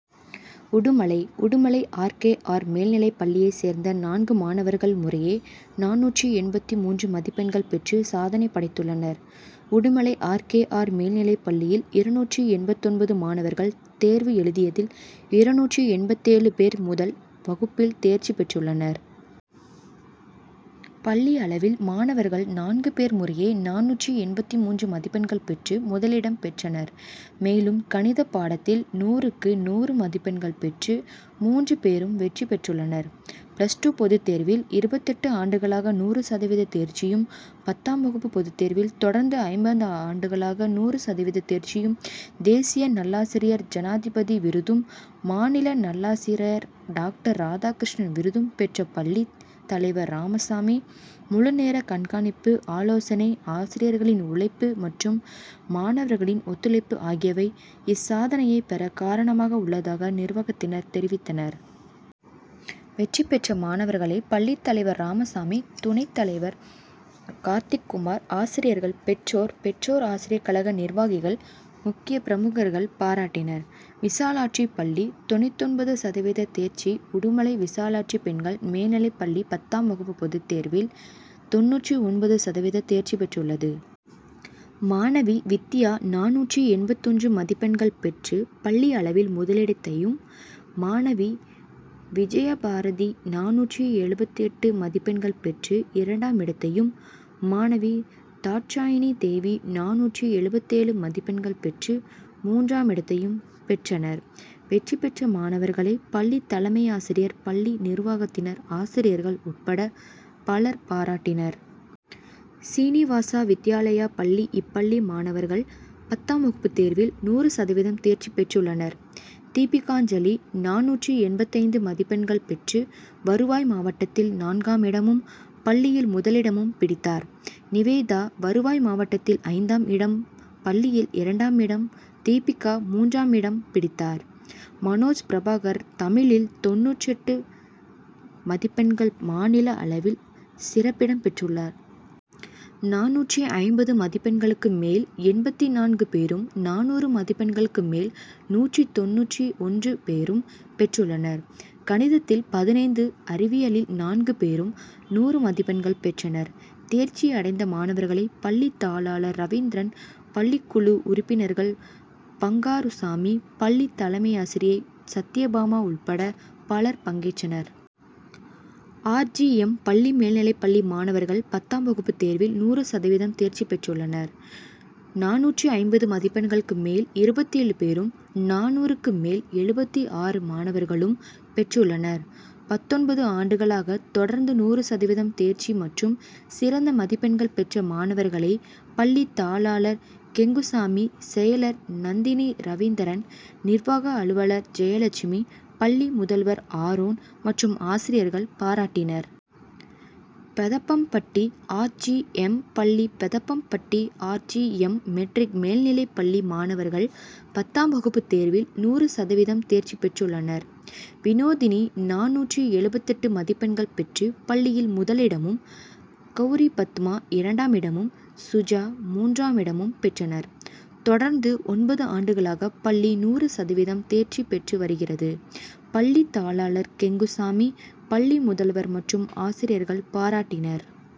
Udumalai Udumalai R. K. R., மேல்நிலைப்பள்ளியை சேர்ந்த நான்கு மாணவர்கள் முறையே நானூற்று எண்பத்து மூன்று மதிப்பெண்கள் பெற்று சாதனை படைத்துள்ளனர். உடுமலை ஆர். கே. ஆர்., மேல்நிலைப்பள்ளியில், இருநூற்று எண்பத்தொன்பது மாணவர்கள் தேர்வு எழுதியதில் இருநூற்று எண்பத்தேழு பேர் முதல் வகுப்பில் தேர்ச்சி பெற்றுள்ளனர். பள்ளி அளவில், மாணவர்கள் நான்கு பேர் முறையே நானூற்று எண்பத்து மூன்று மதிப்பெண்கள் பெற்று முதலிடம் பெற்றனர். மேலும், கணித பாடத்தில் நூறுக்கு நூறு மதிப்பெண்கள் பெற்று மூன்று பேரும் வெற்றி பெற்றுள்ளனர். பிளஸ் டூ பொதுத்தேர்வில், இருபத்தெட்டு ஆண்டுகளாக நூறு சதவீத தேர்ச்சியும், பத்தாம் வகுப்பு பொதுத்தேர்வில், தொடர்ந்து ஐம்பது ஆண்டுகளாக நூறு சதவீத தேர்ச்சியும் தேசிய நல்லாசிரியர் ஜனாதிபதி விருதும், மாநில நல்லாசிரியர் டாக்டர் ராதா கிருஷ்ணன் விருதும் பெற்ற பள்ளி தலைவர் ராமசாமி முழுநேர கண்காணிப்பு, ஆலோசனை, ஆசிரியர்களின் உழைப்பு மற்றும் மாணவர்களின் ஒத்துழைப்பு ஆகியவை இச்சாதனையை பெற காரணமாக உள்ளதாக நிர்வாகத்தினர் தெரிவித்தனர். வெற்றி பெற்ற மாணவர்களை பள்ளி தலைவர் ராமசாமி, துணைத்தலைவர் கார்த்திக்குமார், ஆசிரியர்கள், பெற்றோர், பெற்றோர் ஆசிரியர் கழக நிர்வாகிகள், முக்கிய பிரமுகர்கள் பாராட்டினர். விசாலாட்சி பள்ளி தொண்ணூறு ஒன்பது சதவீத தேர்ச்சி உடுமலை விசாலாட்சி பெண்கள் மேல்நிலைப்பள்ளி பத்தாம் வகுப்பு பொதுத்தேர்வில், தொண்ணூற்று ஒன்பது சதவீத தேர்ச்சிபெற்றுள்ளது. மாணவி வித்யா நானூற்று எண்பத்தொன்று மதிப்பெண்கள் பெற்று பள்ளி அளவில் முதலிடத்தையும், மாணவி விஜயபாரதி நானூற்று எழுபத்தெட்டு மதிப்பெண்கள் பெற்று இரண்டாமிடத்தையும், மாணவி தாட்சாயிணி தேவி நானூற்று எழுபத்தேழு மதிப்பெண்கள் பெற்று மூன்றாமிடத்தையும் பெற்றனர். வெற்றி பெற்ற மாணவர்களை பள்ளி தலைமையாசிரியர், பள்ளி நிர்வாகத் தினர், ஆசிரியர்கள் உட்பட பலர் பாராட்டினர். சீனிவாசா வித்யாலயா பள்ளிஇப்பள்ளி மாணவர்கள் பத்தாம் வகுப்பு தேர்வில் நூறு சதவீதம் தேர்ச்சி பெற்றுள்ளனர். தீபிகாஞ்சலி நானூற்று எண்பத்தைந்து மதிப்பெண்கள் பெற்று வருவாய் மாவட்டத்தில் நான்காமிடமும், பள்ளியில் முதலிடமும் பிடித்தார். நிவேதா வருவாய் மாவட்டத்தில் ஐந்தாம் இடம், பள்ளியில் இரண்டாமிடம், தீபிகா மூன்றாமிடம் பிடித்தார். மனோஜ் பிரபாகர் தமிழிலில் தொண்ணூற்று எட்டு மதிப்பெண்கள் மாநில அளவில் சிறப்பிடம் பெற்றுள்ளார். நானூற்று ஐம்பது மதிப்பெண்களுக்கு மேல் எண்பத்து நான்கு பேரும், நானூறு மதிப்பெண்களுக்கு மேல் நூற்று தொண்ணூற்று ஒன்று பேரும் பெற்றுள்ளனர். கணிதத்தில் பதினைந்து, அறிவியலில் நான்கு பேரும் நூறு மதிப்பெண்கள் பெற்றனர். தேர்ச்சி அடைந்த மாணவர்களை பள்ளி தாளாளர் ரவீந்திரன், பள்ளிக்குழு உறுப்பினர்கள் பங்காருசாமி, பள்ளி தலைமையாசிரியை சத்யபாமா உட்பட பலர் பங்கேற்றனர். ஆர். ஜி. எம்., பள்ளி மேல்நிலைப்பள்ளி மாணவர்கள் பத்தாம் வகுப்பு தேர்வில் நூறு சதவீதம் தேர்ச்சி பெற்றுள்ளனர். நானூற்று ஐம்பது மதிப்பெண்களுக்கு மேல் இருபத்தேழு பேரும், நானூறுக்கு மேல் எழுபத்து ஆறு மாணவர்களும் பெற்றுள்ளனர். பத்தொன்பது ஆண்டுகளாக தொடர்ந்து நூறு சதவீதம் தேர்ச்சி மற்றும் சிறந்த மதிப்பெண்கள் பெற்ற மாணவர்களை பள்ளி தாளாளர் கெங்குசாமி, செயலர் நந்தினிரவீந்திரன், நிர்வாக அலுவலர் ஜெயலட்சுமி, பள்ளி முதல்வர் ஆரோன் மற்றும் ஆசிரியர்கள் பாராட்டினர். பெதப்பம்பட்டி ஆர். ஜி. எம்., பள்ளி Pethappampatti R. G. M., matric., மேல்நிலைப்பள்ளி மாணவர்கள் பத்தாம் வகுப்பு தேர்வில் நூறு சதவீதம் தேர்ச்சி பெற்றுள்ளனர். வினோதினி நானூற்று எழுபத்தெட்டு மதிப்பெண்கள் பெற்று பள்ளியில் முதலிடமும், கவுரிபத்மா, இரண்டாமிடமும், சுஜா மூன்றாமிடமும் பெற்றனர். தொடர்ந்து ஒன்பது ஆண்டுகளாக பள்ளி நூறு சதவீதம் தேர்ச்சி பெற்று வருகிறது. பள்ளி தாளாளர் கெங்குசாமி, பள்ளி முதல்வர் மற்றும் ஆசிரியர்கள் பாராட்டினர்.